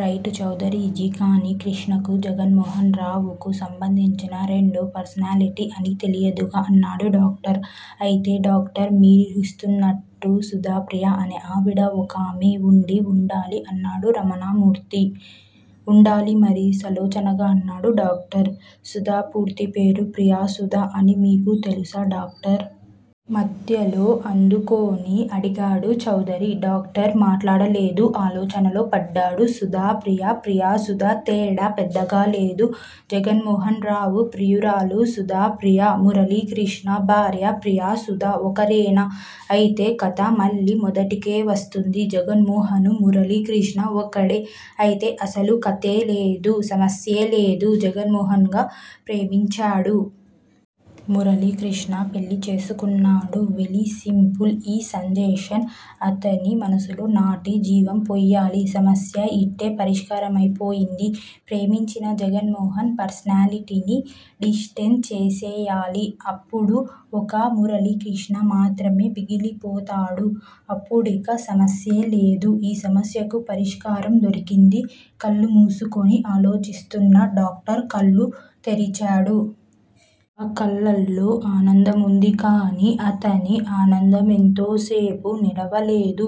Right Chaudhary ji! కాని కృష్ణకు, జగన్మోహనరావుకు సంబంధించిన రెండో పర్సనాలిటీ అని తెలియదుగా? అన్నాడు డాక్టర్. అయితే డాక్టర్ మీరూహిస్తున్నట్టు సుధాప్రియ అనే ఆవిడ ఒకామె ఉండి వుండాలి అన్నాడు రమణమూర్తి. ఉండాలిమరి! సాలోచనగా అన్నాడు డాక్టర్. సుధ పూర్తిపేరు ప్రియసుధ అని మీకు తెలుసా డాక్టర్? మధ్యలో అందుకొని అడిగాడు చౌదరి. డాక్టర్ మాట్లాడలేదు, ఆలోచనలో పడ్డాడు. సుధాప్రియ ప్రియసుధ! తేడా పెద్దగాలేదు. జగన్మోహన్ రావు ప్రియురాలు సుధాప్రియా, మురళీకృష్ణ భార్య ప్రియసుధా ఒక్కరేనా? ఐతే కథ మళ్ళీ మొదటికే వస్తుంది. జగన్మోహనూ, మురళీకృష్ణా ఒక్కడే. ఐతే అసలు కథేలేదు. సమస్యేలేదు! జగన్మోహన్ గా ప్రేమించాడు. మురళీకృష్ణ పెళ్ళిచేసుకున్నాడు. వెలీసింపుల్! ఈ సజెషన్ అతని మనసులో నాటి జీవం పొయ్యాలి. సమస్య యిట్టే పరిష్కారమైపోతుంది. ప్రేమించిన జగన్మోహన్ పర్సనాలిటీని డిస్ట్రాయ్ చేసెయ్యాలి. అప్పుడు యిక మురళీకృష్ణ మాత్రమే మిగిలిపోతాడు. అపుడిక సమస్యేలేదు. ఈ సమస్యకు పరిష్కారం దొరికింది. కళ్ళుమూసుకొని ఆలోచిస్తున్న డాక్టర్ కళ్ళు తెరిచాడు. ఆ కళ్ళల్లో ఆనందముంది. కానీ అతని ఆనందమెంతోసేపు నిలవలేదు.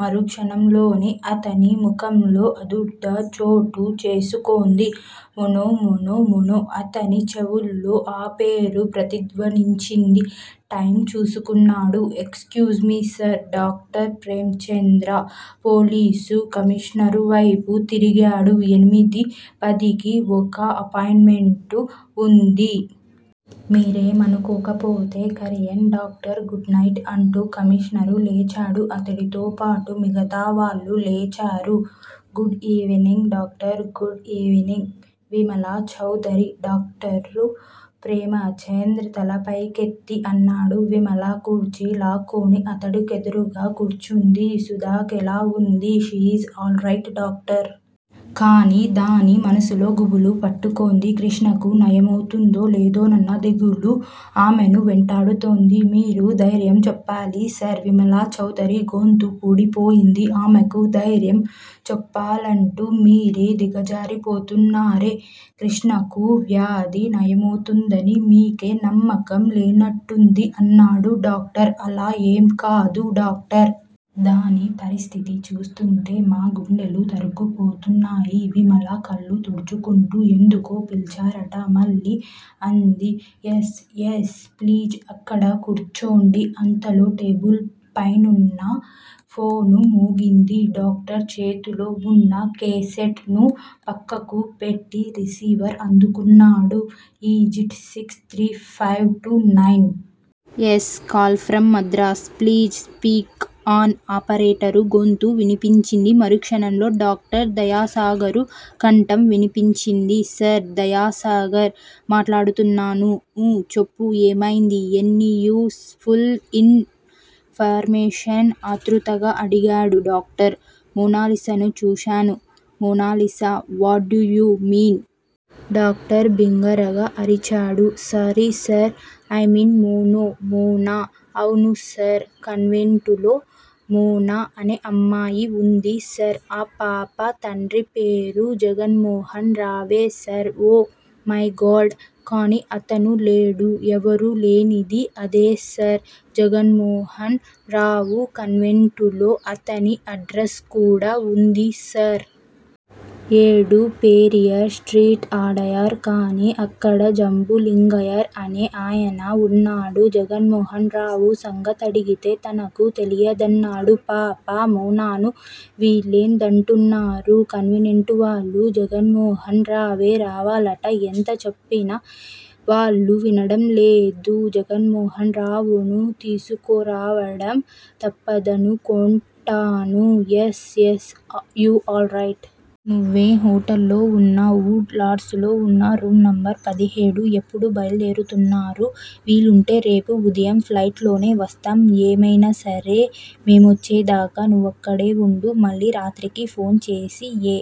మరుక్షణంలోనే అతని ముఖంలో ఆదుర్దా చోటుచేసుకొంది. మోనో! మోనో! మోనో! అతని చెవుల్లో ఆపేరు ప్రతిధ్వనించింది. టైమ్ చూసుకున్నాడు. Excuse me sir! Doctor Hemachandra police కమీషనరువైపు తిరిగాడు. ఎనిమిదీపదికి ఒక అపాయింటుమెంటు ఉంది. మీరేమనుకోకపోతే? Carry on doctor? Good night! అంటూ కమీషనరు లేచాడు. అతడితోపాటు మిగతావాళ్ళూ లేచారు. Good evening doctor! Good evening Vimala Chaudhary! Doctor Hemachandra తలపైకెత్తి అన్నాడు. విమల కుర్చీ లాక్కొని అతడికెదురుగా కూర్చుంది. సుధకెలా ఉంది? She is all right doctor! కానీ దాని మనసులో గుబులు పట్టుకొంది. కృష్ణకు నయమౌతుందో లేదోనన్న దిగులు ఆమెను వెంటాడుతోంది. మీరు ధైర్యం చెప్పాలి సార్! విమలాచౌదరి గొంతు పూడిపోయింది. ఆమెకు ధైర్యం చెప్పాలంటూ మీరే దిగజారిపోతున్నారే? కృష్ణకు వ్యాధి నయమౌతుందని మీకే నమ్మకం లేనట్టుంది అన్నాడు డాక్టర్. అలా ఏంకాదు డాక్టర్. దాని పరిస్థితి చూస్తూంటే మా గుండెలు తరుక్కుపోతున్నాయి. విమల కళ్ళుతుడుచుకుంటూ ఎందుకో పిల్చారట మళ్ళీ అంది. యస్. యస్. ప్లీజ్! అక్కడ కూర్చోండి. అంతలో టేబుల్ పైనున్న ఫోను మోగింది. డాక్టర్ చేతిలో ఉన్న కేసెట్ ను పక్కకు పెట్టి రిసీవర్ అందుకున్నాడు. Is it six three five two nine? Yes! Call from Madras! Please speak on! Operator గొంతు వినిపించింది. మరుక్షణంలో డాక్టర్ దయాసాగరు కంఠం విన్పించింది. సార్! దయాసాగర్ మాట్లాడుతున్నాను. ఊ చెప్పు! ఏమైంది! Any useful information? ఆతృతగా అడిగాడు డాక్టర్. మోనాలిసాను చూశాను! Mona Lisa? What do you mean? Doctor బిగ్గరగా అరిచాడు. Sorry sir! I mean Mono! Mona? అవును సార్! కాన్వెంటులో మోనా అనే అమ్మాయి వుంది సార్! ఆ పాప తండ్రిపేరు? జగన్మోహన్ రావే సార్! Oh my god! కానీ అతను లేడు. ఎవరూ లేనిది? అదేసార్! జగన్మోహన్ రావు. కాన్వెంటులో అతని అడ్రస్ కూడా ఉందిసార్! ఏడు పెరియార్ స్ట్రీట్, అడయార్. కానీ అక్కడ జంబులింగయ్యర్ అనే ఆయన ఉన్నాడు. జగన్మోహన్ రావు సంగతడిగితే తనకు తెలియదన్నాడు. పాప మోనాను! వీల్లేదంటున్నారు కాన్వెంటువాళ్ళు. జగన్మోహన్ రావే రావాలట. ఎంతచెప్పినా వాళ్ళు వినడంలేదు. జగన్మోహన్ రావును తీసుకురావడం తప్పదనుకొంటాను. Yes, yes. You all right! నువ్వే హోటల్లో ఉన్నావ్? ఉడ్ లాండ్సు లో ఉన్నా? Room number? పదిహేడు. ఎప్పుడు బయలుదేరుతున్నారు? వీలుంటే రేపు ఉదయం ఫ్లయిట్ లోనే వస్తాం. ఏమైనాసరే మేమొచ్చేదాకా నువ్వక్కడే ఉండు మళ్ళీ రాత్రికి ఫోన్ చేసి ఏ